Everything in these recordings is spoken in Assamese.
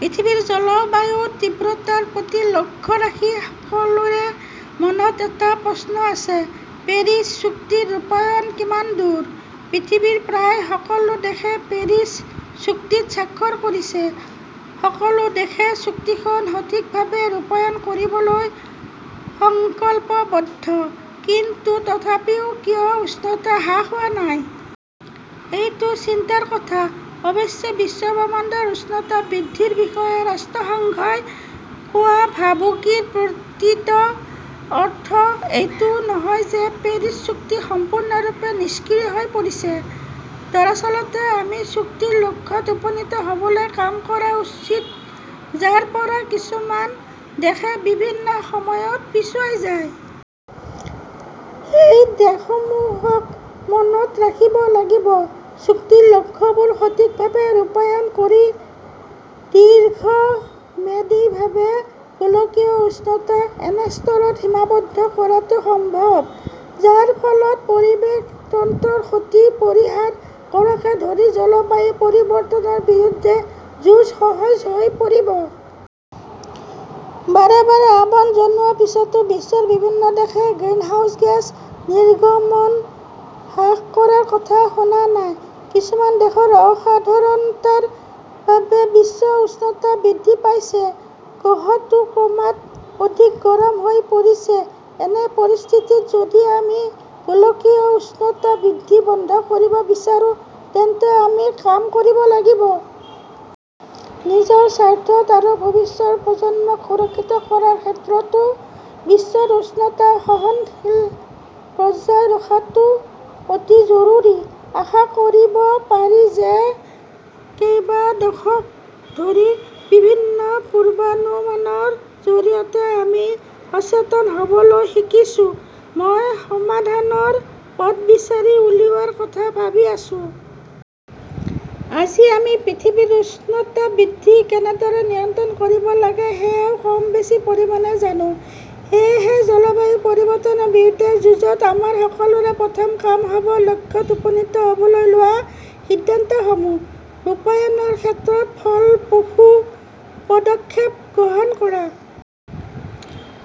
পৃথিৱীত জলবায়ুৰ তীব্ৰতাৰ প্ৰতি লক্ষ্য ৰাখি সকলোৰে মনত এটা প্ৰশ্ন আছে, পেৰিছ চুক্তিৰ ৰূপায়ণ কিমান দূৰ? পৃথিৱীৰ প্ৰায় সকলো দেশে পেৰিছ চুক্তিত স্বাক্ষৰ কৰিছে, সকলো দেশে চুক্তিখন সঠিকভাৱে ৰূপায়ণ কৰিবলৈ সংকল্পবদ্ধ, কিন্তু তথাপিও কিয় উষ্ণতা হ্ৰাস হোৱা নাই? এইটো চিন্তাৰ কথা! অৱশ্যে, বিশ্বব্ৰহ্মাণ্ডৰ উষ্ণতা বৃদ্ধিৰ বিষয়ে ৰাষ্ট্ৰসংঘই কোৱা ভাবুকিৰ প্ৰকৃত অৰ্থ এইটো নহয় যে পেৰিছ চুক্তি সম্পূৰ্ণৰূপে নিষ্ক্ৰিয় হৈ পৰিছে। দৰাচলতে আমি চুক্তিৰ লক্ষ্যত উপনীত হ'বলৈ কাম কৰা উচিত, যাৰ পৰা কিছুমান দেশে বিভিন্ন সময়ত 'পিছুৱাই" যায়। সেই দেশসমূহক মনত ৰাখিব লাগিব, চুক্তিৰ লক্ষ্যবোৰ সঠিকভাৱে ৰূপায়ণ কৰি দীৰ্ঘম্যাদীভাৱে গোলকীয় উষ্ণতা এনে স্তৰত সীমাবদ্ধ কৰাটো সম্ভৱ, যাৰ ফলত পৰিৱেশ তন্ত্ৰৰ ক্ষতি পৰিহাৰ কৰাকে ধৰি জলবায়ু পৰিৱৰ্তনৰ বিৰুদ্ধে যুঁজ সহজ হৈ পৰিব। বাৰে বাৰে আহ্বান জনোৱাৰ পিছতো বিশ্বৰ বিভিন্ন দেশে গ্ৰীণহাউছ গেছ নিৰ্গমন হ্ৰাস কৰাৰ কথা শুনা নাই। কিছুমান দেশৰ অসাধাৰণতাৰ বাবে বিশ্ব উষ্ণতা বৃদ্ধি পাইছে। গ্ৰহটো ক্ৰমাৎ অধিক গৰম হৈ পৰিছে। এনে পৰিস্থিতিত, যদি আমি গোলকীয় উষ্ণতা বৃদ্ধি বন্ধ কৰিব বিচাৰো, তেন্তে আমি কাম কৰিব লাগিব। নিজৰ স্বাৰ্থত আৰু ভৱিষ্যতৰ প্ৰজন্মক সুৰক্ষিত কৰাৰ ক্ষেত্ৰতো বিশ্বৰ উষ্ণতা সহনশীল পৰ্যায়ত ৰখাটো অতি জৰুৰী। আশা কৰিব পাৰি যে কেইবা দশক ধৰি বিভিন্ন পূৰ্বানুমানৰ জৰিয়তে আমি সচেতন হ'বলৈ শিকিছো। মই সমাধানৰ পথ বিচাৰি উলিওৱাৰ কথা ভাবি আছোঁ। আজি আমি পৃথিৱীৰ উষ্ণতা বৃদ্ধি কেনেদৰে নিয়ন্ত্ৰণ কৰিব লাগে সেয়াও কম বেছি পৰিমাণে জানো। সেয়েহে, জলবায়ু পৰিৱৰ্তনৰ বিৰুদ্ধে যুঁজত আমাৰ সকলোৰে প্ৰথম কাম হ'ব লক্ষ্যত উপনীত হ'বলৈ লোৱা সিদ্ধান্তসমূহ ৰূপায়ণৰ ক্ষেত্ৰত ফলপ্ৰসূ পদক্ষেপ গ্ৰহণ কৰা।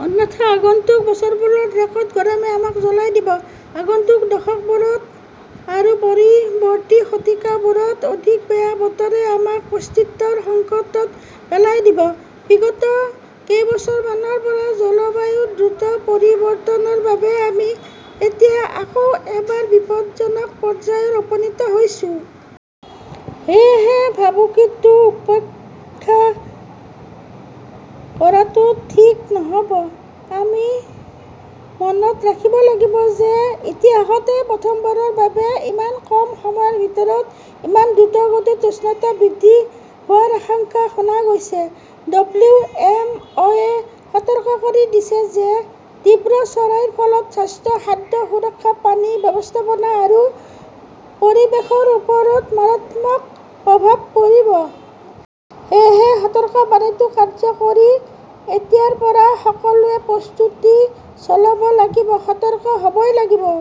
অন্যথা, আগন্তুক বছৰবোৰত ৰেকৰ্ড গৰমে আমাক জ্বলাই দিব। আগন্তুক দশকবোৰত আৰু পৰৱৰ্তী শতিকাবোৰত অধিক বেয়া বতৰে আমাক অস্তিত্বৰ সংকটত পেলাই দিব! বিগত কেইবছৰমানৰ পৰা জলবায়ুৰ দ্ৰুত পৰিৱৰ্তনৰ বাবে আমি এতিয়া আকৌ এবাৰ বিপদজনক পৰ্যায়ত উপনীত হৈছো। সেয়েহে, ভাবুকিটো উপেক্ষা কৰাটো ঠিক নহ'ব। আমি মনত ৰাখিব লাগিব যে ইতিহাসতে প্ৰথমবাৰৰ বাবে ইমান কম সময়ৰ ভিতৰত ইমান দ্ৰুতগতিত উষ্ণতা বৃদ্ধি হোৱাৰ আশংকা শুনা গৈছে। ডব্লিউ এম অ'য়ে সতৰ্ক কৰি দিছে যে, তীব্ৰ চৰাইৰ ফলত স্বাস্থ্য, খাদ্য সুৰক্ষা, পানী ব্যৱস্থাপনা আৰু পৰিৱেশৰ ওপৰত মাৰাত্মক প্ৰভাৱ পৰিব। সেয়েহে সতৰ্কবাণীটো কাৰ্যকৰী কৰি এতিয়াৰ পৰা সকলোৱে প্ৰস্তুতি চলাব লাগিব। সতৰ্ক হ'বই লাগিব।